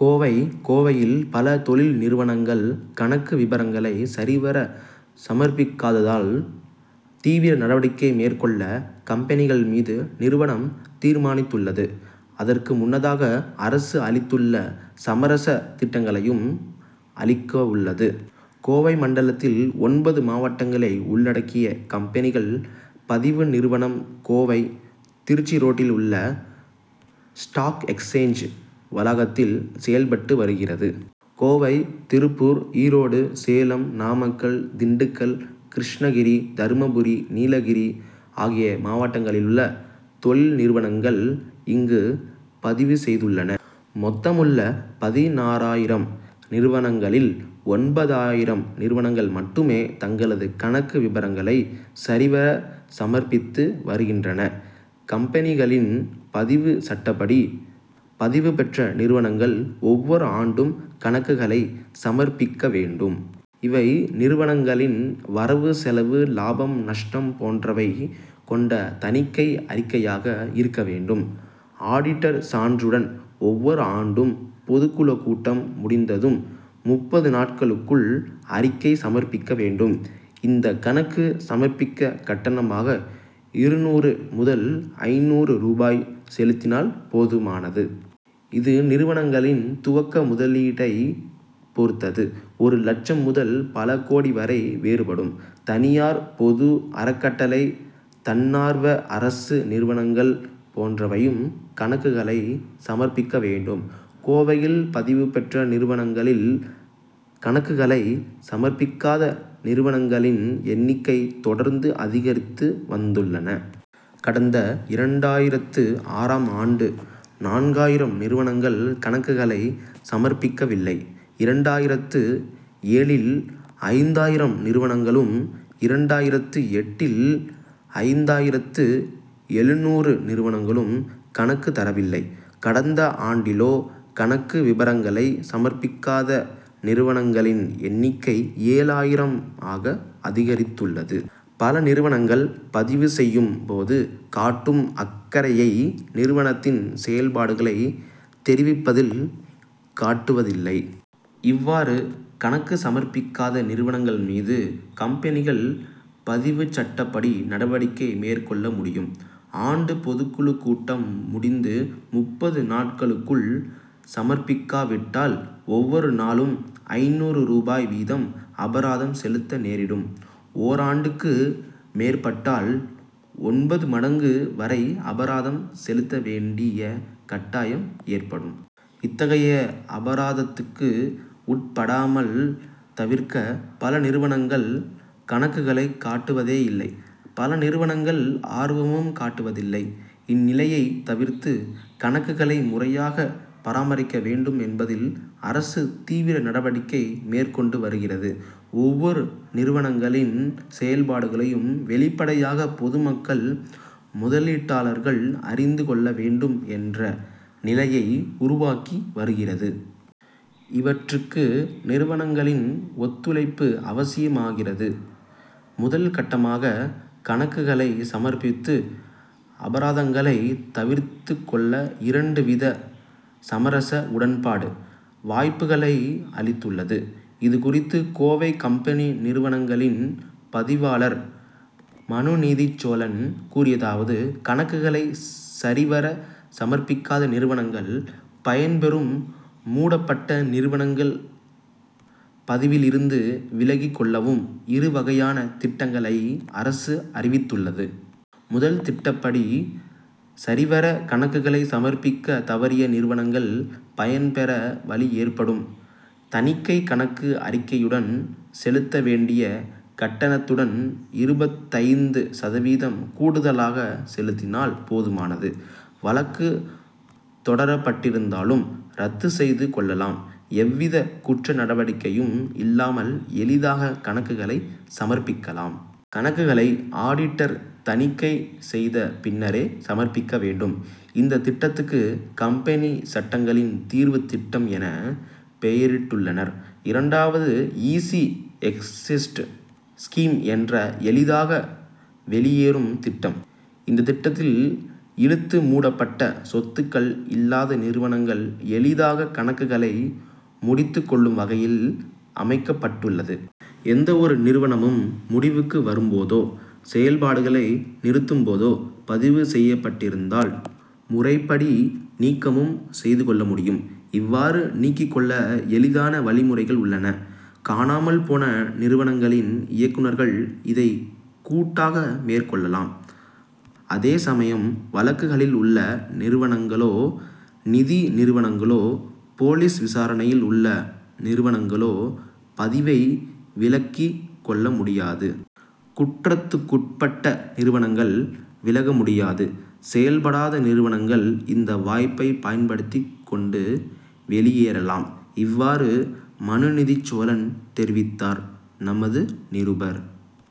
கோவை கோவையில் பல தொழில் நிறுவனங்கள் கணக்கு விபரங்களை சரிவர சமர்ப்பிக்காததால், தீவிர நடவடிக்கை மேற்கொள்ள கம்பெனிகள் மிது நிறுவனம் தீர்மானித்துள்ளது. அதற்கு முன்னதாக, அரசு அளித்துள்ள சமரச திட்டங்களையும் அளிக்கவுள்ளது. கோவை மண்டலத்தில் ஒன்பது மாவட்டங்களை உள்ளடக்கிய, கம்பெனிகள் பதிவு நிறுவனம் கோவை, திருச்சி ரோட்டில் உள்ள ஸ்டாக் எக்சேஞ்ச் வளாகத்தில் செயல்பட்டு வருகிறது. கோவை, திருப்பூர், ஈரோடு, சேலம், நாமக்கல், திண்டுக்கல், கிருஷ்ணகிரி, தர்மபுரி, நீலகிரி ஆகிய மாவட்டங்களிலுள்ள தொழில்நிறுவனங்கள் இங்கு பதிவு செய்துள்ளன. மொத்தமுள்ள பதினாறாயிரம் நிறுவனங்களில், ஒன்பதாயிரம் நிறுவனங்கள் மட்டுமே, தங்களது கணக்கு விபரங்களை சரிவர சமர்ப்பித்து வருகின்றன. கம்பெனிகளின் பதிவு சட்டப்படி, பதிவுபெற்ற நிறுவனங்கள் ஒவ்வொரு ஆண்டும் கணக்குகளை சமர்ப்பிக்க வேண்டும். இவை, நிறுவனங்களின் வரவு செலவு, லாபம், நஷ்டம் போன்றவை கொண்ட தணிக்கை அறிக்கையாக இருக்க வேண்டும். ஆடிட்டர் சான்றுடன், ஒவ்வொரு ஆண்டும் பொதுக்குழு கூட்டம் முடிந்ததும் முப்பது நாட்களுக்குள் அறிக்கை சமர்ப்பிக்க வேண்டும். இந்த கணக்கு சமர்ப்பிக்க கட்டணமாக இருநூறு முதல் ஐந்நூறு ரூபாய் செலுத்தினால் போதுமானது. இது, நிறுவனங்களின் துவக்க முதலீடை பொறுத்தது; ஒரு லட்சம் முதல் பல கோடி வரை வேறுபடும். தனியார், பொது, அறக்கட்டளை, தன்னார்வ அரசு நிறுவனங்கள் போன்றவையும் கணக்குகளை சமர்ப்பிக்க வேண்டும். கோவையில் பதிவு பெற்ற நிறுவனங்களில், கணக்குகளை சமர்ப்பிக்காத நிறுவனங்களின் எண்ணிக்கை தொடர்ந்து அதிகரித்து வந்துள்ளன. கடந்த இரண்டாயிரத்து ஆறாம் ஆண்டு நான்காயிரம் நிறுவனங்கள் கணக்குகளை சமர்ப்பிக்கவில்லை. இரண்டாயிரத்து ஏழில் ஐந்தாயிரம் நிறுவனங்களும், இரண்டாயிரத்து எட்டில் ஐந்தாயிரத்து எழுநூறு நிறுவனங்களும் கணக்கு தரவில்லை. கடந்த ஆண்டிலோ, கணக்கு விபரங்களை சமர்ப்பிக்காத நிறுவனங்களின் எண்ணிக்கை ஏழாயிரம் ஆக அதிகரித்துள்ளது. பல நிறுவனங்கள், பதிவு செய்யும் போது காட்டும் அக்கறையை, நிறுவனத்தின் செயல்பாடுகளை தெரிவிப்பதில் காட்டுவதில்லை. இவ்வாறு கணக்கு சமர்ப்பிக்காத நிறுவனங்கள் மீது, கம்பெனிகள் பதிவுச்சட்டப்படி நடவடிக்கை மேற்கொள்ள முடியும். ஆண்டு பொதுக்குழுக் கூட்டம் முடிந்து முப்பது நாட்களுக்குள் சமர்ப்பிக்காவிட்டால், ஒவ்வொரு நாளும் ஐந்நூறு ரூபாய் வீதம் அபராதம் செலுத்த நேரிடும். ஓராண்டுக்கு மேற்பட்டால், ஒன்பது மடங்கு வரை அபராதம் செலுத்த வேண்டிய கட்டாயம் ஏற்படும். இத்தகைய அபராதத்துக்கு உட்படாமல் தவிர்க்க, பல நிறுவனங்கள் கணக்குகளை காட்டுவதே இல்லை. பல நிறுவனங்கள், ஆர்வமும் காட்டுவதில்லை. இந்நிலையை தவிர்த்து, கணக்குகளை முறையாக பராமரிக்க வேண்டும் என்பதில் அரசு தீவிர நடவடிக்கை மேற்கொண்டு வருகிறது. ஒவ்வொறு நிறுவனங்களின் செயல்பாடுகளையும் வெளிப்படையாக பொதுமக்கள், முதலீட்டாளர்கள் அறிந்து கொள்ள வேண்டும் என்ற நிலையை உருவாக்கி வருகிறது. இவற்றுக்கு நிறுவனங்களின் ஒத் துழைப்பு அவசியமாகிறது. முதல் கட்டமாக கணக்குகளை சமர்ப்பித்து, அபராதங்களை தவிர்த்துக் கொள்ள இரண்டு வித சமரச உடன்பாடு, வாய்ப்புகளை அளித்துள்ளது. இதுகுறித்து, கோவை கம்பெனி நிறுவனங்களின் பதிவாளர் மனுநீதிச்சோழன் கூறியதாவது கணக்குகளை சரிவர சமர்ப்பிக்காத நிறுவனங்கள் பயன்பெறவும், மூடப்பட்ட நிறுவனங்கள் பதிவிலிருந்து விலகிக்கொள்ளவும் இரு வகையான திட்டங்களை அரசு அறிவித்துள்ளது. முதல் திட்டப்படி, சரிவர கணக்குகளை சமர்ப்பிக்க தவறிய நிறுவனங்கள் பயன்பெற வழி ஏற்படும். தணிக்கை கணக்கு அறிக்கையுடன், செலுத்த வேண்டிய கட்டணத்துடன் இருபத்தைந்து சதவீதம் கூடுதலாக செலுத்தினால் போதுமானது. வழக்கு தொடரப்பட்டிருந்தாலும், ரத்து செய்து கொள்ளலாம். எவ்வித குற்ற நடவடிக்கையும் இல்லாமல், எளிதாக கணக்குகளை சமர்ப்பிக்கலாம். கணக்குகளை, ஆடிட்டர் தணிக்கை செய்த பின்னரே சமர்ப்பிக்க வேண்டும். இந்த திட்டத்துக்கு, கம்பெனி சட்டங்களின் தீர்வு திட்டம் என பெயரிட்டுள்ளனர். இரண்டாவது ஈஸி எக்ஸிஸ்ட் ஸ்கீம் என்ற எளிதாக வெளியேறும் திட்டம். இந்த திட்டத்தில், இழுத்து மூடப்பட்ட, சொத்துக்கள் இல்லாத நிறுவனங்கள், எளிதாக கணக்குகளை முடித்துக் கொள்ளும் வகையில் அமைக்கப்பட்டுள்ளது. எந்த ஒரு நிறுவனமும் முடிவுக்கு வரும்போதோ, செயல்பாடுகளை நிறுத்தும்போதோ பதிவு செய்யப்பட்டிருந்தால் முறைப்படி நீக்கமும் செய்து கொள்ள முடியும். இவ்வாறு நீக்கிக் கொள்ள எளிதான வழிமுறைகள் உள்ளன. காணாமல் போன நிறுவனங்களின் இயக்குனர்கள் இதை கூட்டாக மேற்கொள்ளலாம். அதேசமயம், வழக்குகளில் உள்ள நிறுவனங்களோ, நிதி நிறுவனங்களோ, போலீஸ் விசாரணையில் உள்ள நிறுவனங்களோ பதிவை விலக்கிக் கொள்ள முடியாது. குற்றத்துக்குட்பட்ட நிறுவனங்கள், விலக முடியாது. செயல்படாத நிறுவனங்கள், இந்த வாய்ப்பை பயன்படுத்திக் கொண்டு வெளியேறலாம். இவ்வாறு, மனுநீதிச்சோழன் தெரிவித்தார். நமது நிருபர்